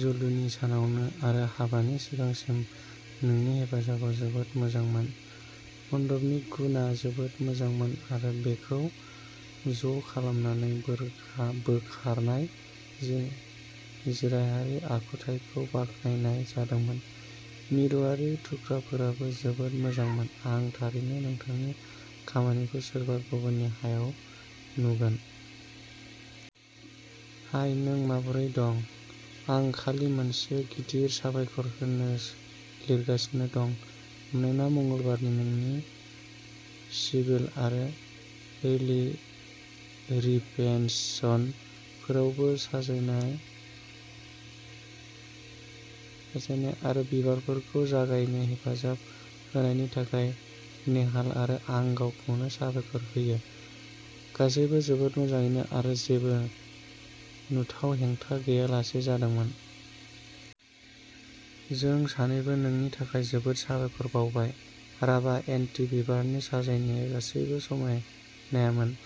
जुलिनि सानावनो आरो हाबानि सिगांसिम नोंनि हेफाजाबआ जोबोद मोजांमोन। मन्दपनि गुना जोबोद मोजांमोन आरो बेखौ ज' खालामनानै बोखारनाय जिउराहायारि आखुथाइखौ बाखनायनाय जादोंमोन। मिरुआरि थुख्राफोराबो जोबोद मोजांमोन! आं थारैनो नोंथांनि खामानिखौ सोरबा गुबुननि हाबायाव नुगोन। हाय नों माबोरै दं? आं खालि मोनसे गिदिर साबायखर होनो लिरगासिनो दं, मानोना मंगलबारनि जोंनि सिभिल आरो रिलि रिपेनसन फोरबोआव साजायनाय आरो बिबारफोरखौ जगायनो हेफाजाब होनायनि थाखाय नेहाल आरो आं गावखौनो साबायखर होयो। गासैबो जोबोद मोजाङै आरो जेबो नुथाव हेंथा गैयालासे जादोंमोन। जों सानैबो नोंनि थाखाय जोबोद साबायखर बावबाय। राभा एन्टी बिबारनि साजायनाया गासैबो समायनामोन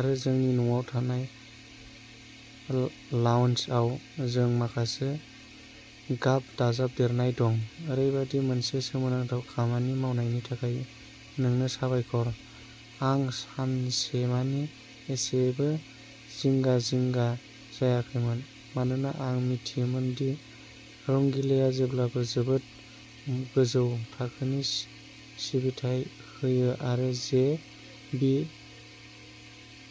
आरो जोंनि न'आव थानाय लाउन्जआव जों माखासे गाब दाजाबदेरनाय दं। ओरैबायदि मोनसे सोमोनांथाव खामानि मावनायनि थाखाय नोंनो साबायखर। आं सानसेमानि एसेबो जिंगा जिंगा जायाखैमोन मानोना आं मिथियोमोन दि रंगीलाया जेब्लाबो जोबोद गोजौ थाखोनि सिबिथाइ होयो आरो जे बि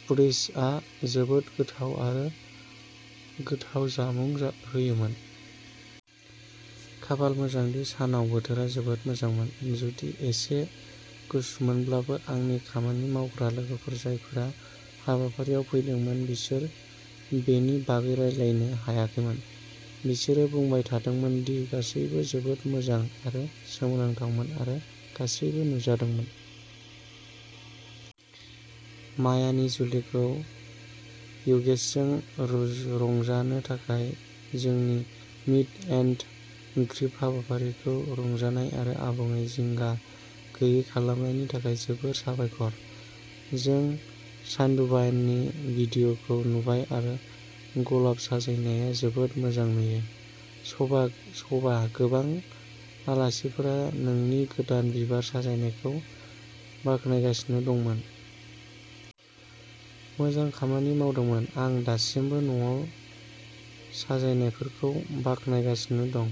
फुड्स आ जोबोद गोथाव आरो गोथाव जामुं होयोमोन। खाफाल मोजां दि सानाव बोथोरा जोबोद मोजांमोन, जुदि एसे गुसुमोनब्लाबो आंनि खामानि मावग्रा लोगोफोर जायफोरा हाबाफारियाव फैदोंमोन बिसोर बेनि बागै रायज्लायनो हायाखैमोन। बिसोरो बुंबाय थादोंमोन दि गासैबो जोबोद मोजां आरो सोमोनांथावमोन आरो गासैबो नुजादोंमोन। मायानि जुलिखौ यगेशजों रंजानो थाखाय जोंनि मीट एन्ड ग्रीट हाबाफारिखौ रंजानाय आरो आबुङै जिंगा गैयै खालामनायनि थाखाय जोबोद साबायखर। जों चान्दुभाईनि भिडिअ'खौ नुबाय आरो गलाब साजायनाया जोबोद मोजां नुयो। श'भा शभा, गोबां आलासिफोरा नोंनि गोदान बिबार साजायनायखौ बाखनायगासिनो दंमोन। मोजां खामानि मावदोंमोन। आं दासिमबो न'आव साजायनायफोरखौ बाखनायगासिनो दं।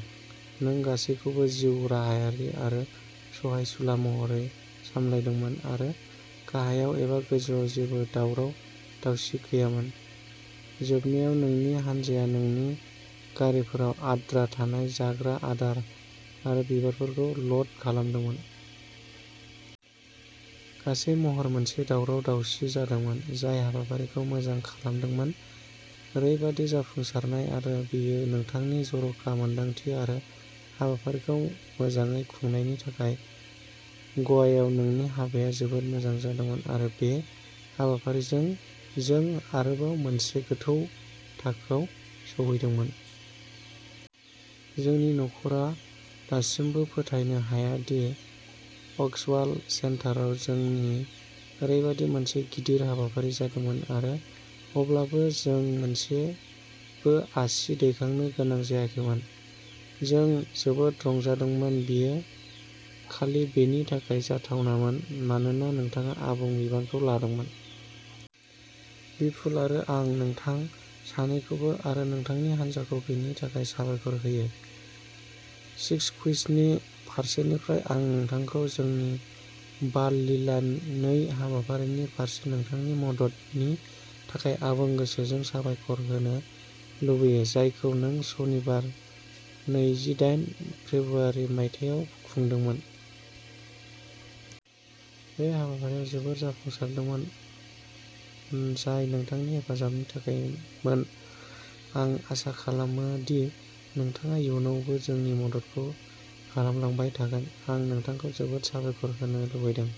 नों गासैबोखौ जिउ राहायारि आरो सहायसुला महरै सामलायदोंमोन आरो गाहायाव एबा गोजौआव जेबो दावराव दावसि गैयामोन। जोबनायाव नोंनि हानजाया जोंनि गारिफोराव आद्रा थानाय जाग्रा आदार आरो बिबारफोरखौ ल'ड खालामदोंमोन। गासै महरै मोनसे दावराव-दावसि जादोंमोन जाय हाबाफारिखौ मोजां खालामदोंमोन। ओरैबायदि जाफुंसारनाय आरो बेयो नोंथांनि जर'खा मोनदांथि आरो हाबाफारिखौ मोजाङै खुंनायनि थाखाय गवायाव जोंनि हाबाया जोबोद मोजां जादोंमोन आरो बे हाबाफारिजों जों आरोबाव मोनसे गोजौ थाखोआव सौहैदोंमोन। जोंनि नखरा दासिमबो फोथायनो हाया दि अशवाल सेन्टाराव जोंनि ओरैबायदि मोनसे गिदिर हाबाफारि जादोंमोन आरो अब्लाबो जों मोनसेबो आसि दैखांनो गोनां जायाखैमोन। जों जोबोद रंजादोंमोन बेयो खालि बेनि थाखाय जाथावनामोन मानोना नोंथाङा आबुं बिबानखौ लादोंमोन। बिपुल आरो आं नोंथां सानैखौबो आरो नोंथांनि हान्जाखौ बेनि थाखाय साबायखर होयो। शिशुकुन्जनि फारसेनिफ्राय आं नोंथांखौ जोंनि बाल लीला नै हाबाफारिनि फारसे नोंथांनि मददनि थाखाय आबुं गोसोजों साबायखर होनो लुबैदों। जायखौ जों सनिबार नैजिदायन फेब्रुआरि मायथाइयाव खुंदोंमोन। बे हाबाफारिया जोबोद जाफुंसारदोंमोन जाय नोंथांनि हेफाजाबनि थाखायमोन। आं आसा खालामो दि नोंथाङा इयुनावबो जोंनि मददखौ खालामलांबाय थागोन। आं नोंथांखौ जोबोद साबायखर होनो लुबैदों।